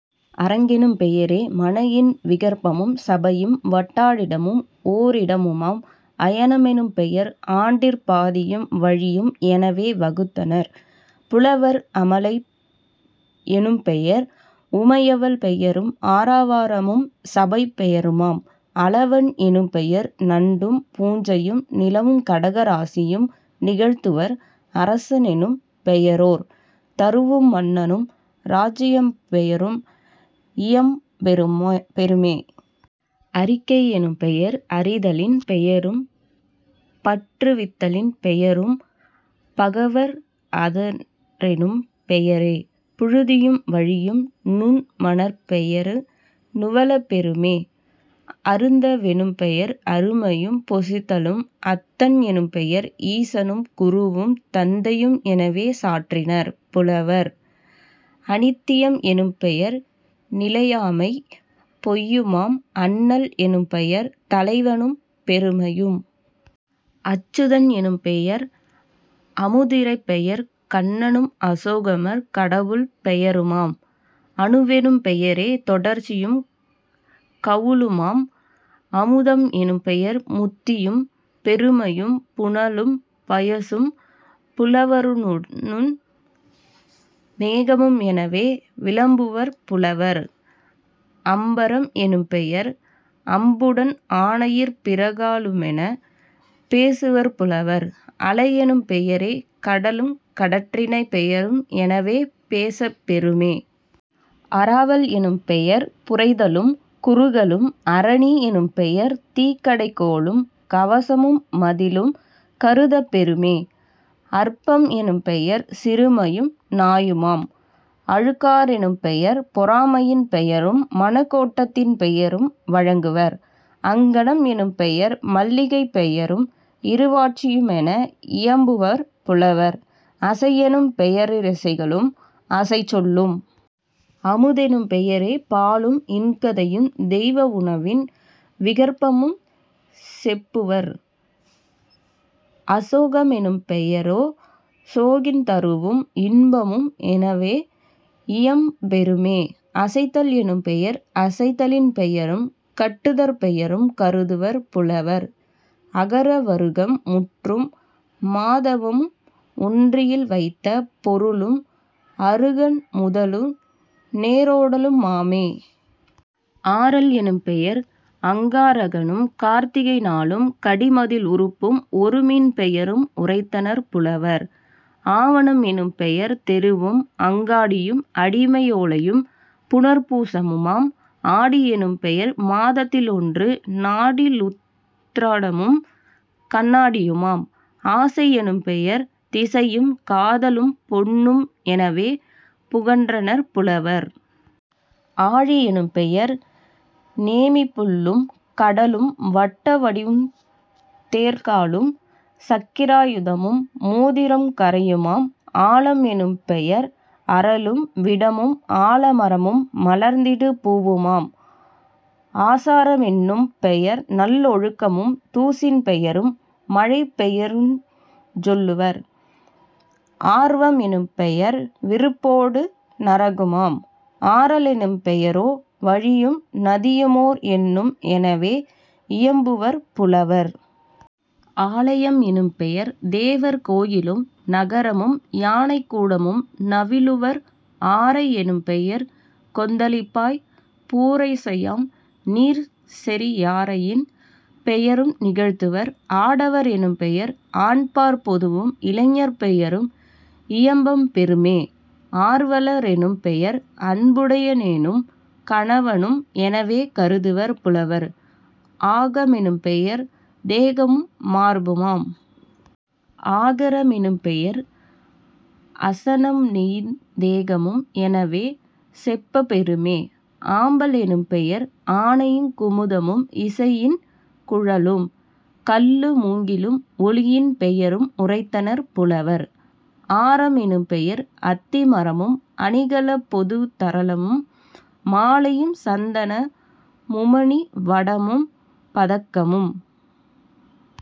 அரங்கெனும் பெயரே மனையின் விகற்பமும் சபையும் வட்டா டிடமும்ஓ ரிடமுமாம்..... அயன மெனும்பெயர் ஆண்டிற் பாதியும் வழியும் எனவே வகுத்தனர் புலவர்..... அமலை யெனும்பெயர் உமையவள் பெயரும் ஆர வார மும்சபைப் பெயருமாம்..... அலவன் எனும்பெயர் நண்டும் பூஞையும் நிலவுங் கடக ராசியும் நிகழ்த்துவர்..... அரசெனும் பெயரோர் தருவு மன்னனும் ராச்சியப் பெயரும் இயம்பப் பெறுமே..... அறிக்கை எனும்பெயர் அறிதலின் பெயரும் பற்று வித்தலின் பெயரும் பகருவர்..... அதரெனும் பெயரே புழுதியும் வழியும் நுண்மணற் பெயரு நுவலப் பெறுமே..... அருந்த வெனும்பெயர் அருமையும் பொசித்தலும்..... அத்தன் எனும்பெயர் ஈசனும் குருவும் தந்தையும் எனவே சாற்றினர் புலவர்..... அனித்தியம் எனும்பெயர் நிலையாமை பொய்யுமாம்..... அண்ணல் எனும்பெயர் தலைவனும் பெருமையும்..... அச்சுதன் எனும்பெயர் அமுதிறை பெயருங் கண்ணனும் அசோகமர் கடவுள் பெயருமாம்..... அனுவெனும் பெயரே தொடர்ச்சியும் கவுளுமாம்..... அமுதம் எனும்பெயர் முத்தியும் பெருமையும் புனலும் பயசும் புலவ ருணவுடன் மேகமும் எனவே விளம்புவர் புலவர்..... அம்பரம் எனும்பெயர் அம்புடன் ஆனையிற் பிறகா லுமெனப் பேசுவர் புலவர்..... அலையெனும் பெயரே கடலும் கடற்றிரைப் பெயரும் எனவே பேசப் பெறுமே..... அராவல் எனும்பெயர் புரைதலும் குறுகலும்..... அரணி யெனும்பெயர் தீக்கடை கோலும் கவசமு மதிலும் கருதப் பெறுமே..... அற்பம் எனும்பெயர் சிறுமையும் நாயுமாம்..... அழுக்கா றெனும்பெயர் பொறாமையின் பெயரும் மனக்கோட் டத்தின் பெயரும் வழங்குவர்..... அனங்கம் எனும்பெயர் மல்லிகைப் பெயரும் இருவாட் சியுமென இயம்புவர் புலவர்..... அசையெனும் பெயரீ ரசைகளும் அசைச்சொல்லும்..... அமுதெனும் பெயரே பாலும் இன்கதையும் தெய்வ வுணவின் விகற்பமும் செப்புவர்..... அசோக மெனும்பெய ரசோகின் தருவும் இன்பமும் எனவே இயம்பப் பெறுமே..... அசைத்தல் எனும் பெயர் அசைத்தலின் பெயரும் கட்டுதற் பெயரும் கருதுவர் புலவர்..... அகர வருக்கம் முற்றும். மாதவனும் ஒற்றியில் வைத்த பொருளும் அருகனு முதலு நேரோடலு மாமே..... ஆரல் எனும்பெயர் அங்கா ரகனும் கார்த்திகை நாளும் கடிமதில் உறுப்பும் ஒருமீன் பெயரும் உரைத்தனர் புலவர்..... ஆவணம் எனும்பெயர் தெருவும் அங்காடியும் அடிமை யோலையும் புனர்பூ சமுமாம்..... ஆடி யெனும்பெயர் மாதத்தி லொன்றும் நாடி லுத்திராடமும் கண்ணா டியுமாம்..... ஆசை யெனும்பெயர் திசையும் காதலும் பொன்னும் எனவே புகன்றனர் புலவர்..... ஆழி யெனும்பெயர் நேமிப் புள்ளும் கடலும் வட்ட வடிவுந் தேர்க்காலும் சக்கிரா யுதமு மோதிரமுங் கரையுமாம்..... ஆலம் எனும்பெயர் அறலும் விடமும் ஆல மரமும் மலர்ந்திடு பூவுமாம்..... ஆசார மென்னும் பெயர்நல் லொழுக்கமும் தூசின் பெயரும் மழைப்பெயருஞ் சொல்லுவர்..... ஆர்வம் எனும்பெயர் விருப்பொடு நரகுமாம்..... ஆறெனும் பெயரே வழியும் நதியுமோர் எண்ணும் எனவே இயம்புவர் புலவர்..... ஆலையம் எனும்பெயர் தேவர் கோயிலும் நகரமும் யானைக் கூடமும் நவிலுவர்..... ஆரை எனும்பெயர் கொத்தளிப்பாய் புரிசையாம் நீர்செறி யாரையின் பெயரு நிகழ்த்துவர்..... ஆடவர் எனும்பெயர் ஆண்பாற் பொதுவும் இளைஞர் பெயரும் இயம்பப் பெறுமே..... ஆர்வல ரெனும்பெயர் அன்புடை யோனும் கணவனும் எனவே கருதுவர் புலவர்..... ஆக மெனும்பெயர் தேகமு மார்புமாம்.....। ஆகார மெனும்பெயர் அசனமு நெய்யுந் தேகமும் எனவே செப்பப் பெறுமே..... ஆம்பல் எனும்பெயர் ஆனையுங் குமுதமும் இசையின் குழலும் கள்ளு மூங்கிலும் ஒலியின் பெயரும் உரைத்தனர் புலவர்..... ஆரம் எனும்பெயர் அத்தி மரமும் அணிகலப் பொதுவுந் தரளமு மாலையும் சந்தன முமணி வடமும் பதக்கமும்.